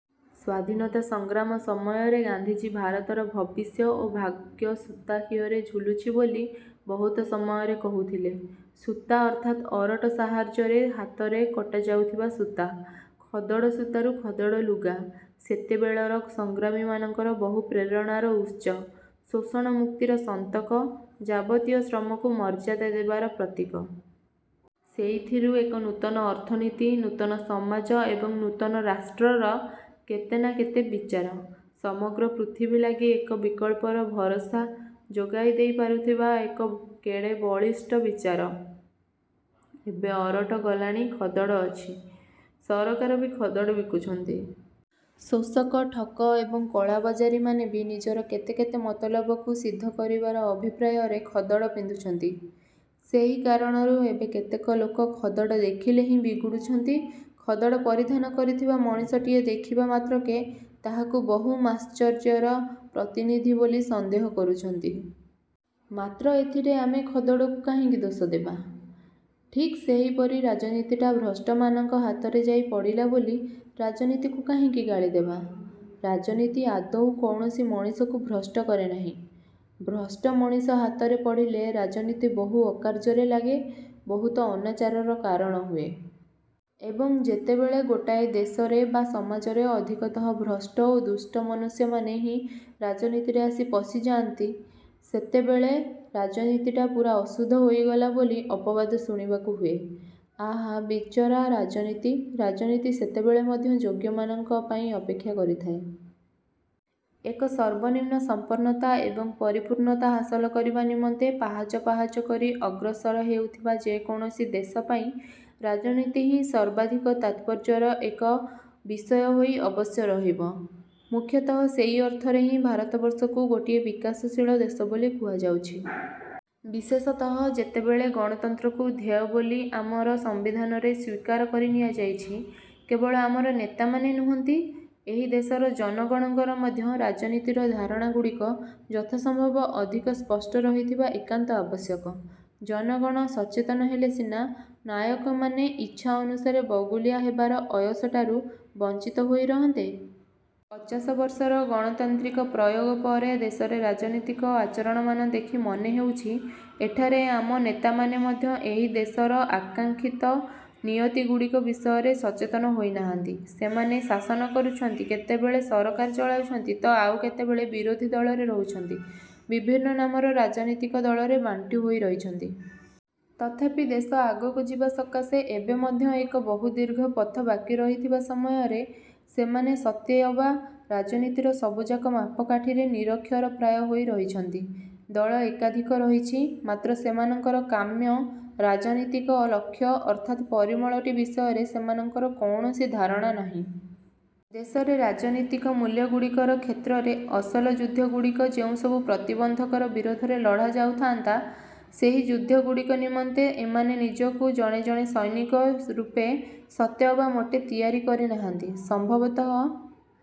ସ୍ଵାଧୀନତା ସଂଗ୍ରାମ ସମୟରେ ଗାନ୍ଧିଜୀ ଭାରତର ଭବିଷ୍ୟ ଓ ଭାଗ୍ୟ ସୂତାଖିଅରେ ଝୁଲୁଛି ବୋଲି ବହୁତ ସମୟରେ କହୁଥିଲେ। ସୂତା ଅର୍ଥାତ୍ ଅରଟ ସାହାଯ୍ୟରେ ହାତରେ କଟାଯାଉଥିବା ସୂତା। ଖଦଡ଼ ସୂତାରୁ ଖଦଡ଼ ଲୁଗା। ସେତେବେଳର ସଂଗ୍ରାମୀମାନଙ୍କର ବହୁ ପ୍ରେରଣାର ଉତ୍ସ। ଶୋଷଣମୁକ୍ତିର ସନ୍ତକ, ଯାବତୀୟ ଶ୍ରମକୁ ମର୍ଯ୍ୟାଦା ଦେବାର ପ୍ରତୀକ। ସେଇଥିରୁ ଏକ ନୂତନ ଅର୍ଥନୀତି, ନୂତନ ସମାଜ ଏବଂ ନୂତନ ରାଷ୍ଟ୍ରର କେତେ ନା କେତେ ବିଚାର-। ସମଗ୍ର ପୃଥିବୀ ଲାଗି ଏକ ବିକଳ୍ପର ଭରସା ଯୋଗାଇଦେଇ ପାରୁଥିବା ଏକ କେଡ଼େ ବଳିଷ୍ଠ ବିଚାର। ଏବେ ଅରଟ ଗଲାଣି, ଖଦଡ଼ ଅଛି। ସରକାର ବି ଖଦଡ଼ ବିକୁଛନ୍ତି। ଶୋଷକ, ଠକ ଏବଂ କଳାବଜାରୀମାନେ ବି ନିଜର କେତେ କେତେ ମତଲବକୁ ସିଦ୍ଧ କରିବାର ଅଭିପ୍ରାୟରେ ଖଦଡ଼ ପିନ୍ଧୁଛନ୍ତି। ସେହି କାରଣରୁ ଏବେ କେତେକ ଲୋକ ଖଦଡ଼ ଦେଖିଲେ ହିଁ ବିଗୁଡ଼ୁଛନ୍ତି, ଖଦଡ଼ ପରିଧାନ କରିଥିବା ମଣିଷଟିଏ ଦେଖିବା ମାତ୍ରକେ ତାହାକୁ ବହୁମାଶ୍ଚର୍ଯ୍ୟର ପ୍ରତିନିଧି ବୋଲି ସନ୍ଦେହ କରୁଛନ୍ତି। ମାତ୍ର ଏଥିରେ ଆମେ ଖଦଡ଼କୁ କାହିଁକି ଦୋଷ ଦେବା? ଠିକ୍ ସେହିପରି ରାଜନୀତିଟା ଭ୍ରଷ୍ଟମାନଙ୍କ ହାତରେ ଯାଇ ପଡ଼ିଲା ବୋଲି ରାଜନୀତିକୁ କାହିଁକି ଗାଳିଦେବା? ରାଜନୀତି ଆଦୌ କୌଣସି ମଣିଷକୁ ଭ୍ରଷ୍ଟ କରେନାହିଁ। ଭ୍ରଷ୍ଟ ମଣିଷ ହାତରେ ପଡ଼ିଲେ ରାଜନୀତି ବହୁତ ଅକାର୍ଯ୍ୟରେ ଲାଗେ, ବହୁତ ଅନାଚାରର କାରଣହୁଏ। ଏବଂ, ଯେତେବେଳେ ଗୋଟାଏ ଦେଶରେ ବା ସମାଜରେ ଅଧିକତଃ ଭ୍ରଷ୍ଟ ଓ ଦୁଷ୍ଟ ମନୁଷ୍ୟମାନେ ହିଁ ରାଜନୀତିରେ ଆସି ପଶିଯାନ୍ତି, ସେତେବେଳେ ରାଜନୀତିଟା ପୂରା ଅଶୁଦ୍ଧ ହୋଇଗଲା ବୋଲି ଅପବାଦ ଶୁଣିବାକୁ ହୁଏ। ଆହା, ବିଚରା ରାଜନୀତି, ରାଜନୀତି ସେତେବେଳେ ମଧ୍ୟ ଯୋଗ୍ୟମାନଙ୍କ ପାଇଁ ଅପେକ୍ଷା କରିଥାଏ। ଏକ ସର୍ବନିମ୍ନ ସମ୍ପନ୍ନତା ଏବଂ ପରିପୂର୍ଣ୍ଣତା ହାସଲ କରିବା ନିମନ୍ତେ ପାହାଚ ପାହାଚ କରି ଅଗ୍ରସର ହେଉଥିବା ଯେକୌଣସି ଦେଶ ପାଇଁ ରାଜନୀତି ହିଁ ସର୍ବାଧିକ ତାତ୍ପର୍ଯ୍ୟର ଏକ ବିଷୟ ହୋଇ ଅବଶ୍ୟ ରହିବ। ମୁଖ୍ୟତଃ ସେହି ଅର୍ଥରେ ହିଁ ଭାରତବର୍ଷକୁ ଗୋଟିଏ ବିକାଶଶୀଳ ଦେଶ ବୋଲି କୁହାଯାଉଛି। ବିଶେଷତଃ ଯେତେବେଳେ ଗଣତନ୍ତ୍ରକୁ ଧ୍ୟେୟ ବୋଲି ଆମର ସମ୍ବିଧାନରେ ସ୍ୱୀକାର କରି ନିଆଯାଇଛି, କେବଳ ଆମର ନେତାମାନେ ନୁହନ୍ତି, ଏହି ଦେଶର ଜନଗଣଙ୍କର ମଧ୍ୟ ରାଜନୀତିର ଧାରଣାଗୁଡ଼ିକ ଯଥାସମ୍ଭବ ଅଧିକ ସ୍ପଷ୍ଟ ରହିଥିବା ଏକାନ୍ତ ଆବଶ୍ୟକ। ଜନଗଣ ସଚେତନ ହେଲେ ସିନା ନାୟକମାନେ ଇଚ୍ଛା ଅନୁସାରେ ବଗୁଲିଆ ହେବାର ଅୟସଟାରୁ ବଂଚିତ ହୋଇ ରହନ୍ତେ। ପଚାଶ ବର୍ଷର ଗଣତାନ୍ତ୍ରିକ ପ୍ରୟୋଗ ପରେ ଦେଶରେ ରାଜନୀତିକ ଆଚରଣମାନ ଦେଖି ମନେହେଉଛି, ଏଠାରେ ଆମ ନେତାମାନେ ମଧ୍ୟ ଏହି ଦେଶର ଆକାଂକ୍ଷିତ ନିୟତିଗୁଡ଼ିକ ବିଷୟରେ ସଚେତନ ହୋଇନାହାନ୍ତି। ସେମାନେ ଶାସନ କରୁଛନ୍ତି; କେତେବେଳେ ସରକାର ଚଳାଉଛନ୍ତି ତ ଆଉ କେତେବେଳେ ବିରୋଧିଦଳରେ ରହୁଛନ୍ତି। ବିଭିନ୍ନ ନାମର ରାଜନୀତିକ ଦଳରେ ବାଣ୍ଟି ହୋଇ ରହିଛନ୍ତି। ତଥାପି ଦେଶ ଆଗକୁ ଯିବା ସକାଶେ ଏବେ ମଧ୍ୟ ଏକ ବହୁଦୀର୍ଘ ପଥ ବାକି ରହିଥିବା ସମୟରେ ସେମାନେ ସତେଅବା ରାଜନୀତିର ସବୁଯାକ ମାପକାଠିରେ ନିରକ୍ଷର ପ୍ରାୟ ହୋଇ ରହିଛନ୍ତି। ଦଳ ଏକାଧିକ ରହିଛି, ମାତ୍ର ସେମାନଙ୍କର କାମ୍ୟ ରାଜନୀତିକ ଲକ୍ଷ୍ୟ ଅର୍ଥାତ୍ ପରିମଳଟି ବିଷୟରେ ସେମାନଙ୍କର କୌଣସି ଧାରଣା ନାହିଁ। ଦେଶରେ ରାଜନୀତିକ ମୂଲ୍ୟଗୁଡ଼ିକର କ୍ଷେତ୍ରରେ ଅସଲ ଯୁଦ୍ଧଗୁଡ଼ିକ ଯେଉଁସବୁ ପ୍ରତିବନ୍ଧକର ବିରୋଧରେ ଲଢ଼ା ଯାଉଥାନ୍ତା, ସେହି ଯୁଦ୍ଧଗୁଡ଼ିକ ନିମନ୍ତେ ଏମାନେ ନିଜକୁ ଜଣେ ଜଣେ ସୈନିକ ରୂପେ ସତେଅବା ମୋଟେ ତିଆରି କରିନାହାନ୍ତି। ସମ୍ଭବତଃ